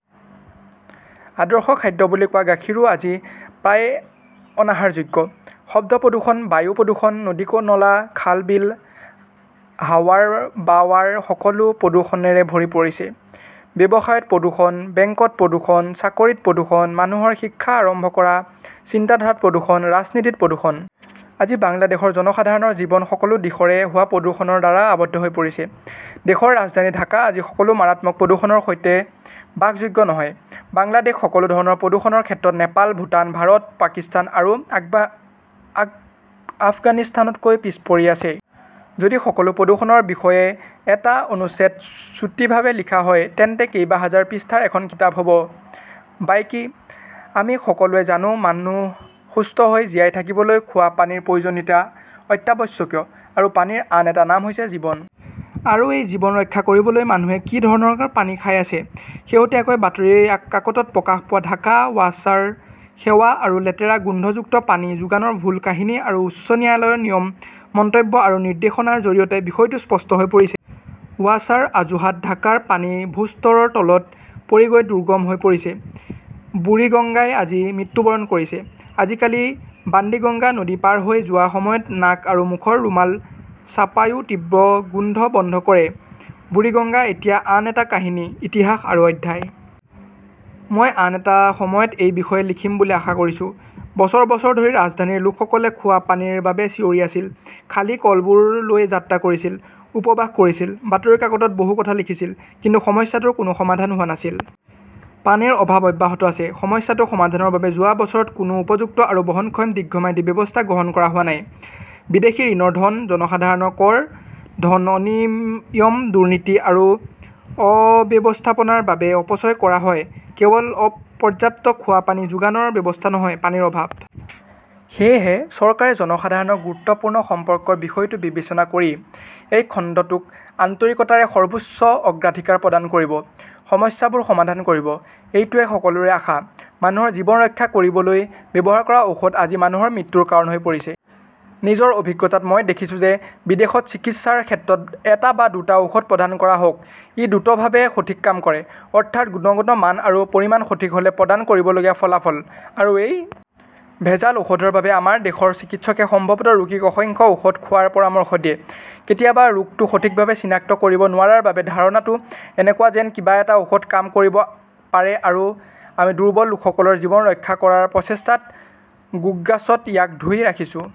আদৰ্শ খাদ্য বুলি কোৱা গাখীৰো আজি প্ৰায় অনাহাৰযোগ্য। শব্দ প্ৰদূষণ, বায়ু প্ৰদূষণ, নদী-নলা, খাল-বিল, হাৱাৰ বাৱাৰ সকলো প্ৰদূষণৰে ভৰি পৰিছে। ব্যৱসায়ত প্ৰদূষণ, বেংকত প্ৰদূষণ, চাকৰিত প্ৰদূষণ, মানুহৰ শিক্ষা আৰম্ভ কৰা, চিন্তাধাৰাত প্ৰদূষণ, ৰাজনীতিত প্ৰদূষণ। আজি বাংলাদেশৰ জনসাধাৰণৰ জীৱন সকলো দিশৰে হোৱা প্ৰদূষণৰ দ্বাৰা আৱদ্ধ হৈ পৰিছে। দেশৰ ৰাজধানী ঢাকা আজি সকলো মাৰাত্মক প্ৰদূষণৰ সৈতে বাসযোগ্য নহয়। বাংলাদেশ সকলো ধৰণৰ প্ৰদূষণৰ ক্ষেত্ৰত নেপাল, ভূটান, ভাৰত, পাকিস্তান আৰু আফগানিস্তানতকৈও পিছ পৰি আছে। যদি সকলো প্ৰদূষণৰ বিষয়ে এটা অনুচ্ছেদ চুটিভাৱে লিখা হয়, তেন্তে কেইবাহাজাৰ পৃষ্ঠাৰ এখন কিতাপ হ 'ব বাইকি। আমি সকলোৱে জানো, মানুহ সুস্থ হৈ জীয়াই থাকিবলৈ খোৱা পানীৰ প্ৰয়োজনীয়তা অত্যাৱশ্যকীয় আৰু পানীৰ আন এটা নাম হৈছে জীৱন। আৰু এই জীৱন ৰক্ষা কৰিবলৈ মানুহে কি ধৰণৰ পানী খাই আছে? শেহতীয়াকৈ বাতৰি কাকতত প্ৰকাশ পোৱা ঢাকা ৱাছাৰ সেৱা আৰু লেতেৰা-গোন্ধযুক্ত পানী যোগানৰ ভুল কাহিনী আৰু উচ্চ ন্যায়ালয়ৰ নিয়ম, মন্তব্য আৰু নিৰ্দেশনাৰ জৰিয়তে বিষয়টো স্পষ্ট হৈ পৰিছে। ৱাছাৰ অজুহাত, ঢাকাৰ পানী ভূ-স্তৰৰ তলত পৰি গৈ দুৰ্গম হৈ পৰিছে, বুৰিগংগাই আজি মৃত্যুবৰণ কৰিছে। আজিকালি বাণ্ডিগঙ্গা নদী পাৰ হৈ যোৱাৰ সময়ত নাক আৰু মুখৰ ৰুমাল চাপাইও তীব্ৰ গোন্ধ বন্ধ নকৰে। বুৰিগঙ্গা এতিয়া আন এটা কাহিনী, ইতিহাস আৰু অধ্যায়। মই আন এটা সময়ত এই বিষয়ে লিখিম বুলি আশা কৰোঁ। বছৰ বছৰ ধৰি ৰাজধানীৰ লোকসকলে খোৱা পানীৰ বাবে চিঞৰি আছিল, খালী কলবোৰ লৈ যাত্ৰা কৰিছিল, উপবাস কৰিছিল, বাতৰি কাকতত বহু কথা লিখিছিল, কিন্তু সমস্যাটোৰ কোনো সমাধান হোৱা নাছিল। পানীৰ অভাৱ অব্যাহত আছে। সমস্যাটো সমাধানৰ বাবে যোৱা বছৰত কোনো উপযুক্ত আৰু বহনক্ষম দীৰ্ঘম্যাদী ব্যৱস্থা গ্ৰহণ কৰা হোৱা নাই। বিদেশী ঋণৰ ধন, জনসাধাৰণৰ কৰ ধন অনিয়ম-দুৰ্নীতি আৰু অব্যৱস্থাপনাৰ বাবে অপচয় কৰা হয়; কেৱল পৰ্যাপ্ত খোৱা পানী যোগানৰ ব্যৱস্থা নহয়, পানীৰ অভাৱ। সেয়েহে, চৰকাৰে জনসাধাৰণৰ গুৰুত্বপূৰ্ণ সম্পৰ্কৰ বিষয়টো বিবেচনা কৰি এই খণ্ডটোক আন্তৰিকতাৰে সৰ্বোচ্চ অগ্ৰাধিকাৰ প্ৰদান কৰিব, সমস্যাবোৰ সমাধান কৰিব, এইটোৱেই সকলোৰে আশা। মানুহৰ জীৱন ৰক্ষা কৰিবলৈ ব্যৱহাৰ কৰা ঔষধ আজি মানুহৰ মৃত্যুৰ কাৰণ হৈ পৰিছে। নিজৰ অভিজ্ঞতাত মই দেখিছোঁ যে বিদেশত চিকিৎসাৰ ক্ষেত্ৰত এটা বা দুটা ঔষধ প্ৰদান কৰা হওঁক, ই দ্ৰুতভাৱে সঠিক কাম কৰে, অৰ্থাৎ গুণগত মান আৰু পৰিমাণ সঠিক হ 'লে প্ৰদান কৰিবলগীয়া ফলাফল। আৰু এই ভেজাল ঔষধৰ বাবে আমাৰ দেশৰ চিকিৎসকে সম্ভৱত ৰোগীক অসংখ্য ঔষধ খোৱাৰ পৰামৰ্শ দিয়ে, কেতিয়াবা ৰোগটো সঠিকভাৱে চিনাক্ত কৰিব নোৱাৰাৰ বাবেও ধাৰণাটো এনেকুৱা যেন কিবা এটা ঔষধ কাম কৰিব পাৰে আৰু আমি দুৰ্বল লোকসকলৰ জীৱন ৰক্ষা কৰাৰ প্ৰচেষ্টাত গোগ্ৰাছত ইয়াক ধুই ৰাখিছোঁ।